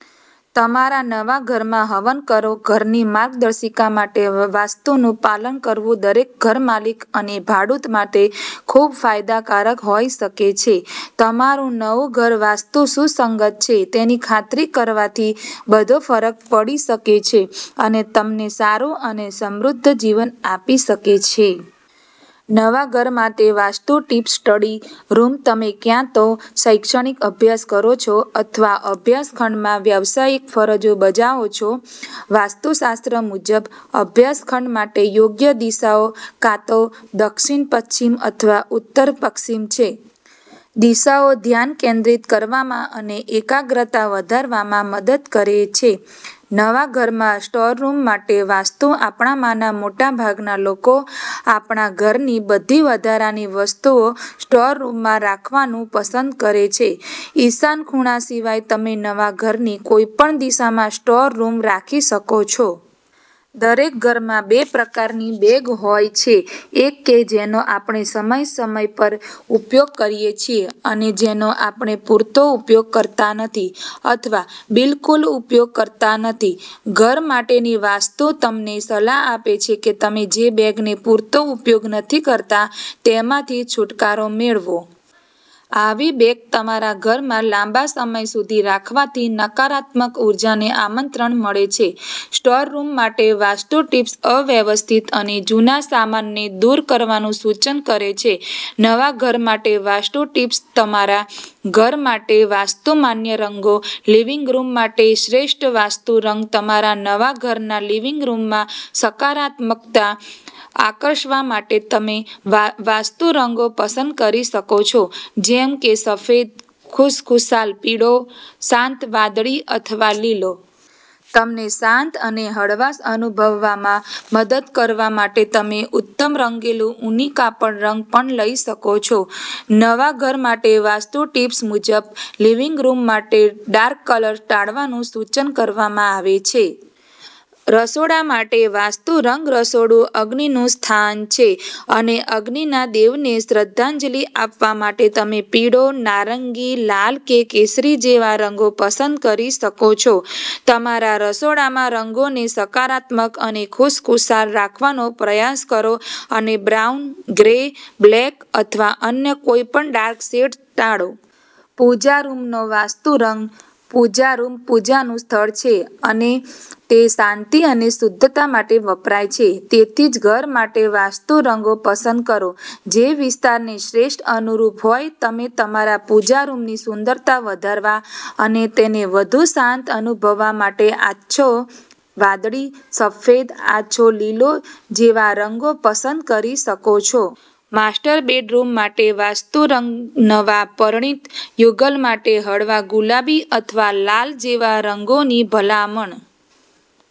તમારા નવા ઘરમાં હવન કરો ઘરની માર્ગદર્શિકા માટે વાસ્તુનું પાલન કરવું દરેક ઘરમાલિક અને ભાડૂત માટે ખૂબ ફાયદાકારક હોઈ શકે છે. તમારું નવું ઘર વાસ્તુ સુસંગત છે તેની ખાતરી કરવાથી બધોફરક પડી શકે છે અને તમને સારું અને સમૃદ્ધ જીવન આપી શકે છે! નવા ઘર માટે વાસ્તુ ટિપ્સસ્ટડી રૂમ તમે ક્યાં તો શૈક્ષણિક અભ્યાસ કરો છો અથવા અભ્યાસ ખંડમાં વ્યાવસાયિક ફરજો બજાવો છો. વાસ્તુશાસ્ત્ર મુજબ, અભ્યાસ ખંડ માટે યોગ્ય દિશાઓ કાં તો દક્ષિણ પશ્ચિમ અથવા ઉત્તર પશ્ચિમ છે. દિશાઓ ધ્યાન કેન્દ્રિત કરવામાં અને એકાગ્રતા વધારવામાં મદદ કરે છે. નવા ઘરમાં સ્ટોર રૂમ માટે વાસ્તુ આપણામાંના મોટા ભાગના લોકો આપણા ઘરની બધી વધારાની વસ્તુઓ સ્ટોર રૂમમાં રાખવાનું પસંદ કરે છે. ઈશાન ખૂણા સિવાય તમે નવા ઘરની કોઈપણ દિશામાં સ્ટોર રૂમ રાખી શકો છો. દરેક ઘરમાં બે પ્રકારની બેગ હોય છેએક કે જેનો આપણે સમય સમય પર ઉપયોગ કરીએ છીએ અને જેનો આપણે પૂરતો ઉપયોગ કરતા નથી અથવા બિલકુલ ઉપયોગ કરતા નથી. ઘર માટેની વાસ્તુ તમને સલાહ આપે છે કે તમે જે બેગનો પૂરતો ઉપયોગ નથી કરતા તેમાંથી છૂટકારો મેળવો. આવી બેગ તમારા ઘરમાં લાંબા સમય સુધી રાખવાથી નકારાત્મક ઉર્જાને આમંત્રણ મળે છે. સ્ટોર રૂમ માટે વાસ્તુ ટિપ્સ અવ્યવસ્થિત અને જૂના સામાનને દૂર કરવાનું સૂચન કરે છે નવા ઘર માટે વાસ્તુ ટિપ્સતમારા ઘર માટે વાસ્તુ માન્ય રંગો લિવિંગ રૂમ માટે શ્રેષ્ઠ વાસ્તુ રંગતમારા નવા ઘરના લિવિંગ રૂમમાં સકારાત્મકતા આકર્ષવા માટે તમે વાસ્તુ રંગો પસંદ કરી શકો છો જેમ કે સફેદ, ખુશખુશાલ પીળો, શાંત વાદળી અથવા લીલો. તમને શાંત અને હળવાશ અનુભવવામાં મદદ કરવા માટે તમે ઉત્તમરંગેલું ઊની કાપડ રંગ પણ લઈ શકો છો. નવા ઘર માટે વાસ્તુ ટિપ્સ મુજબ, લિવિંગ રૂમ માટે ડાર્ક કલર્સ ટાળવાનું સૂચન કરવામાં આવે છે. રસોડા માટે વાસ્તુ રંગરસોડું અગ્નિનું સ્થાન છે, અને અગ્નિના દેવને શ્રદ્ધાંજલિ આપવા માટે તમે પીળો, નારંગી, લાલ કે કેસરી જેવા રંગો પસંદ કરી શકો છો. તમારા રસોડામાં રંગોને સકારાત્મક અને ખુશખુશાલ રાખવાનો પ્રયાસ કરો અને બ્રાઉન, ગ્રે, બ્લેક અથવા અન્ય કોઈપણ ડાર્ક શેડ્સ ટાળો. પૂજા રૂમનો વાસ્તુ રંગ:પૂજા રૂમ પૂજાનું સ્થળ છે અને તે શાંતિ અને શુદ્ધતા માટે વપરાય છે, તેથી ઘર માટે વાસ્તુ રંગો પસંદ કરો જેવિસ્તારને શ્રેષ્ઠ અનુરૂપ હોય. તમે તમારા પૂજા રૂમની સુંદરતા વધારવા અને તેને વધુ શાંત અનુભવવા માટે આછો વાદળી, સફેદ, આછો લીલો જેવા રંગો પસંદ કરી શકો છો. માસ્ટર બેડરૂમ માટે વાસ્તુ રંગનવા પરિણીત યુગલ માટે હળવા ગુલાબી અથવા લાલ જેવા રંગોની ભલામણ